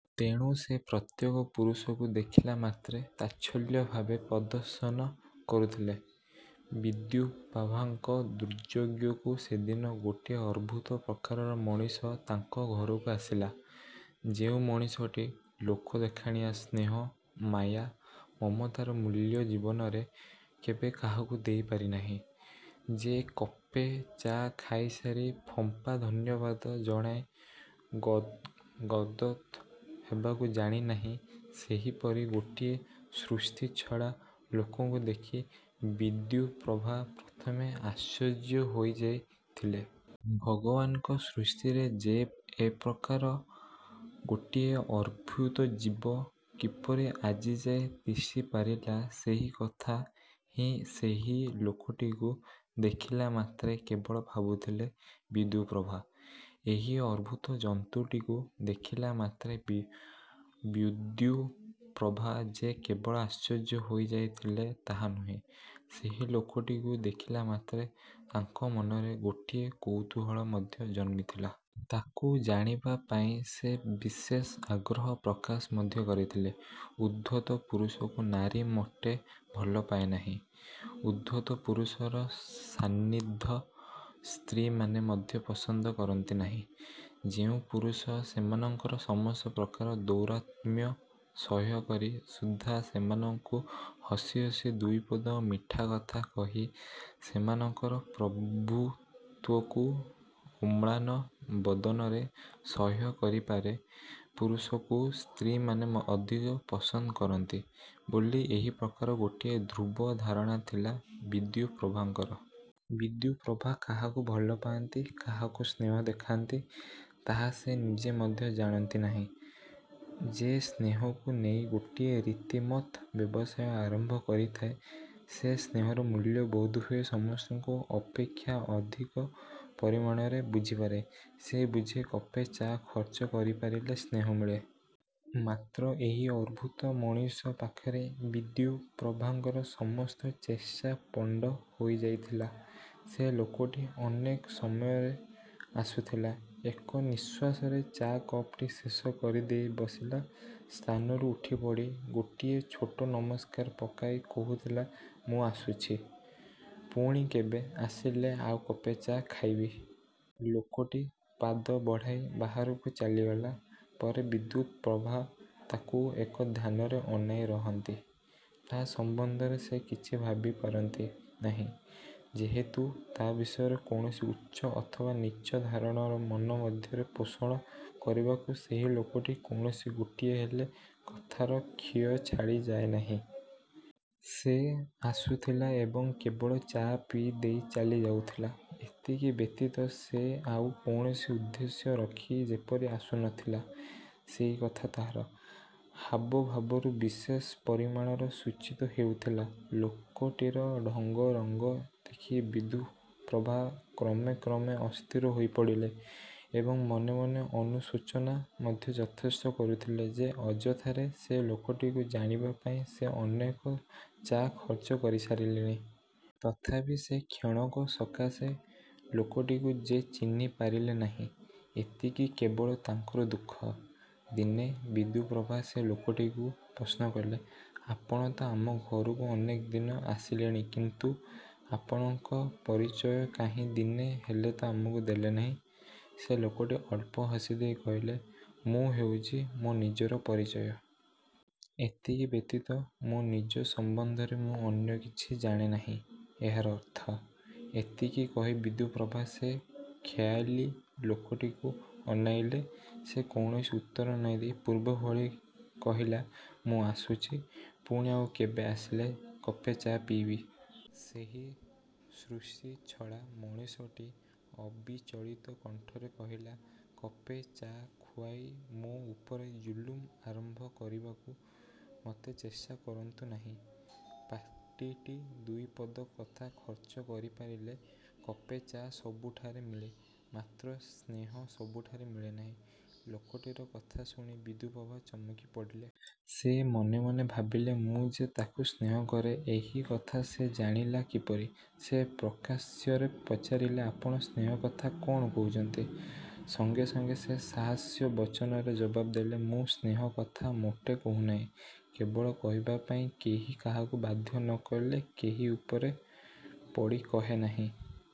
ତେଣୁ ସେ ପ୍ରତ୍ୟେକ ପୁରୁଷକୁ ଦେଖିଲାମାତ୍ରେ ତାଚ୍ଛଲ୍ୟଭାବ ପ୍ରଦର୍ଶନ କରୁଥିଲେ। ବିଦ୍ୟୁପ୍ରଭାଙ୍କ ଦୁର୍ଯ୍ୟୋଗକୁ ସେଦିନ ଗୋଟିଏ ଅଦ୍ଭୁତ ପ୍ରକାରର ମଣିଷ ତାଙ୍କ ଘରକୁ ଆସିଲା। ଯେଉଁ ମଣିଷଟି ଲୋକଦେଖାଣିଆ ସ୍ନେହ, ମାୟା, ମମତାର ମୂଲ୍ୟ ଜୀବନରେ କେବେ କାହାକୁ ଦେଇ ପାରିନାହିଁ, ଯେ କପେ ଚା' ଖାଇସାରି ଫମ୍ପା ଧନ୍ୟବାଦ ଜଣାଇ ଗଦ୍ଗଦ୍ ହେବାକୁ ଜାଣିନାହିଁ ସେହିପରି ଗୋଟିଏ ସୃଷ୍ଟିଛଡ଼ା ଲୋକକୁ ଦେଖି ବିଦ୍ୟୁପ୍ରଭା ପ୍ରଥମେ ଆଶ୍ଚର୍ଯ୍ୟ ହୋଇଯାଇଥିଲେ। ଭଗବାନଙ୍କ ସୃଷ୍ଟିରେ ଯେ ଏପ୍ରକାର ଗୋଟିଏ ଅଦ୍ଭୁତଜୀବ କିପରି ଆଜିଯାଏ ତିଷ୍ଠିପାରିଲା ସେହି କଥା ହିଁ ସେହି ଲୋକଟିକୁ ଦେଖିଲାମାତ୍ରେ କେବଳ ଭାବୁଥିଲେ ବିଦ୍ୟୁପ୍ରଭା। ଏହି ଅଦ୍ଭୁତ ଜନ୍ତୁଟିକୁ ଦେଖିଲା ମାତ୍ରେ ବୁଦ୍ୟୁପ୍ରଭା ଯେ କେବଳ ଆଶ୍ଚର୍ଯ୍ୟ ହୋଇଯାଇଥିଲେ ତାହା ନୁହେଁ। ସେହି ଲୋକଟିକୁ ଦେଖିଲାମାତ୍ରେ ତାଙ୍କ ମନରେ ଗୋଟିଏ କୌତୂହଳ ମଧ୍ୟ ଜନ୍ମିଥିଲା। ତାକୁ ଜାଣିବା ପାଇଁ ସେ ବିଶେଷ ଆଗ୍ରହ ପ୍ରକାଶ ମଧ୍ୟ କରିଥିଲେ। ଉଦ୍ଧତ ପୁରୁଷକୁ ନାରୀ ମୋଟେ ଭଲପାଏ ନାହିଁ। ଉଦ୍ଧତ ପୁରୁଷର ସାନ୍ନିଧ୍ୟ ସ୍ତ୍ରୀମାନେ ମୋଟେ ପସନ୍ଦ କରନ୍ତି ନାହିଁ। ଯେଉଁ ପୁରୁଷ ସେମାନଙ୍କର ସମସ୍ତ ପ୍ରକାର ଦୌରାତ୍ମ୍ୟ ସହ୍ୟକରି ସୁଦ୍ଧା ସେମାନଙ୍କୁ ହସି ହସି ଦୁଇପଦ ମିଠାକଥା କହି ସେମାନଙ୍କର ପ୍ରଭୃତ୍ୱକୁ ଅମ୍ଳାନ ବଦନରେ ସହ୍ୟ କରିପାରେ ପୁରୁଷକୁ ସ୍ତ୍ରୀମାନେ ଅଧିକ ପସନ୍ଦ କରନ୍ତି ବୋଲି ଏହି ପ୍ରକାରର ଗୋଟିଏ ଧ୍ରୁବ ଧାରଣା ଥିଲା ବିଦ୍ୟୁପ୍ରଭାଙ୍କର। ବିଦ୍ୟୁପ୍ରଭା କାହାକୁ ଭଲ ପାଆନ୍ତି, କାହାକୁ ସ୍ନେହ ଦେଖାନ୍ତି ତାହା ସେ ନିଜେ ମଧ୍ୟ ଜାଣନ୍ତି ନାହିଁ। ଯେ ସ୍ନେହକୁ ନେଇ ଗୋଟିଏ ରିତିମତ୍ ବ୍ୟବସାୟ ଆରମ୍ଭ କରିଥାଏ ସେ ସ୍ନେହର ମୂଲ୍ୟ ବୋଧହୁଏ ସମସ୍ତଙ୍କ ଅପେକ୍ଷା ଅଧିକ ପରିମାଣରେ ବୁଝିପାରେ। ସେ ବୁଝେ କପେ ଚା' ଖର୍ଚ୍ଚ କରିପାରିଲେ ସ୍ନେହ ମିଳେ। ମାତ୍ର ଏହି ଅଦ୍ଭୁତ ମଣିଷ ପାଖରେ ବିଦ୍ୟୁପ୍ରଭାଙ୍କର ସମସ୍ତ ଚେଷ୍ଟା ପଣ୍ଡ ହୋଇଯାଇଥିଲା। ସେ ଲୋକଟି ଅନେକ ସମୟରେ ଆସୁଥିଲା। ଏକ ନିଶ୍ୱାସରେ ଚା' କପଟି ଶେଷ କରିଦେଇ ବସିଲା ସ୍ଥାନରୁ ଉଠିପଡ଼ି ଗୋଟିଏ ଛୋଟ ନମସ୍କାର ପକାଇ କହୁଥିଲା, ''ମୁଁ ଆସୁଛି। ପୁଣି କେବେ ଆସିଲେ ଆଉ କପେ ଚା' ଖାଇବି। '' ଲୋକଟି ପାଦ ବଢ଼ାଇ ବାହାରକୁ ଚାଲିଗଲା ପରେ ବିଦ୍ୟୁପ୍ରଭା ତାକୁ ଏକ ଧ୍ୟାନରେ ଅନାଇରହନ୍ତି। ତା' ସମ୍ବନ୍ଧରେ ସେ କିଛି ଭାବିପାରନ୍ତି ନାହିଁ, ଯେହେତୁ ତା' ବିଷୟରେ କୌଣସି ଉଚ୍ଚ ଅଥବା ନୀଚ ଧାରଣା ମନ ମଧ୍ୟରେ ପୋଷଣ କରିବାକୁ ସେହି ଲୋକଟି କୌଣସି ଗୋଟିଏହେଲେ କଥାର ଖିଅ ଛାଡ଼ି ଯାଏନାହିଁ। ସେ ଆସୁଥିଲା ଏବଂ କେବଳ ଚା' ପିଇ ଦେଇ ଚାଲି ଯାଉଥିଲା। ଏତିକି ବ୍ୟତୀତ ସେ ଆଉ କୌଣସି ଉଦ୍ଦେଶ୍ୟ ରଖି ଯେପରି ଆସୁନଥିଲା ସେହିକଥା ତାହାର। ହାବଭାବରୁ ବିଶେଷ ପରିମାଣରେ ସୂଚିତ ହେଉଥିଲା। ଲୋକଟିର ଢଙ୍ଗ ରଙ୍ଗ ଦେଖି ବିଦ୍ୟୁପ୍ରଭା କ୍ରମେ କ୍ରମେ ଅସ୍ଥିର ହୋଇ ପଡ଼ିଲେ ଏବଂ ମନେମନେ ଅନୁଶୋଚନା ମଧ୍ୟ ଯଥେଷ୍ଟ କରୁଥିଲେ ଯେ ଅଯଥାରେ ସେ ଲୋକଟିକୁ ଜାଣିବା ପାଇଁ ସେ ଅନେକ ଚା' ଖର୍ଚ୍ଚ କରି ସାରିଲେଣି। ତଥାପି ସେ କ୍ଷଣକ ସକାଶେ ଲୋକଟିକୁ ଯେ ଚିହ୍ନି ପାରିଲେ ନାହିଁ। ଏତିକି କେବଳ ତାଙ୍କର ଦୁଃଖ। ଦିନେ ବିଦ୍ୟୁପ୍ରଭା ସେ ଲୋକଟିକୁ ପ୍ରଶ୍ନକଲେ, ''ଆପଣତ ଆମ ଘରକୁ ଅନେକଦିନ ଆସିଲେଣି କିନ୍ତୁ ଆପଣଙ୍କ ପରିଚୟ କାହିଁ ଦିନେ ହେଲେତ ଆମକୁ ଦେଲେନାହିଁ? '' ସେ ଲୋକଟି ଅଳ୍ପ ହସିଦେଇ କହିଲା, ''ମୁଁ ହେଉଛି ମୋ ନିଜର ପରିଚୟ। ଏତିକି ବ୍ୟତୀତ ମୋ ନିଜ ସମ୍ବନ୍ଧରେ ମୁଁ ଅନ୍ୟକିଛି ଜାଣେ ନାହିଁ। '' 'ଏହାର ଅର୍ଥ? ' ଏତିକି କହି ବିଦ୍ୟୁପ୍ରଭା ସେ ଖେୟାଲୀ ଲୋକଟିକୁ ଅନାଇଲେ। ସେ କୌଣସି ଉତ୍ତର ନ ଦେଇ ପୂର୍ବଭଳି କହିଲା, ''ମୁଁ ଆସୁଛି। ପୁଣି ଆଉ କେବେ ଆସିଲେ କପେ ଚା' ପିଇବି। '' ସେହି ସୃଷ୍ଟିଛଡ଼ା ମଣିଷଟି ଅବିଚଳିତ କଣ୍ଠରେ କହିଲା, ''କପେ ଚା' ଖୁଆଇ ମୋ ଉପରେ ଜୁଲୁମ ଆରମ୍ଭ କରିବାକୁ ମୋଟେ ଚେଷ୍ଟାକରନ୍ତୁ ନାହିଁ। ପାଟିରୁ ଦୁଇପଦ କଥା ଖର୍ଚ୍ଚ କରିପାରିଲେ କପେ ଚା' ସବୁଠାରେ ମିଳେ; ମାତ୍ର ସ୍ନେହ ସବୁଠାରେ ମିଳେନାହିଁ। '' ଲୋକଟିର କଥା ଶୁଣି ବିଦ୍ୟୁପ୍ରଭା ଚମକି ପଡ଼ିଲେ। ସେ ମନେମନେ ଭାବିଲେ ମୁଁ ଯେ ତାକୁ ସ୍ନେହକରେ ଏହି କଥା ସେ ଜାଣିଲା କିପରି? ସେ ପ୍ରକାଶ୍ୟରେ ପଚାରିଲେ, ''ଆପଣ ସ୍ନେହ କଥା କ'ଣ କହୁଛନ୍ତି? '' ସଙ୍ଗେ ସଙ୍ଗେ ସେ ସହାସ୍ୟ ବଚନରେ ଜବାବ୍ ଦେଲା, ''ମୁଁ ସ୍ନେହକଥା ମୋଟେ କହୁନାହିଁ। କେବଳ କହିବା ପାଇଁ କେହି କାହାକୁ ବାଧ୍ୟ ନ କଲେ କେହି ଉପରେ ପଡ଼ି କହେ ନାହିଁ-।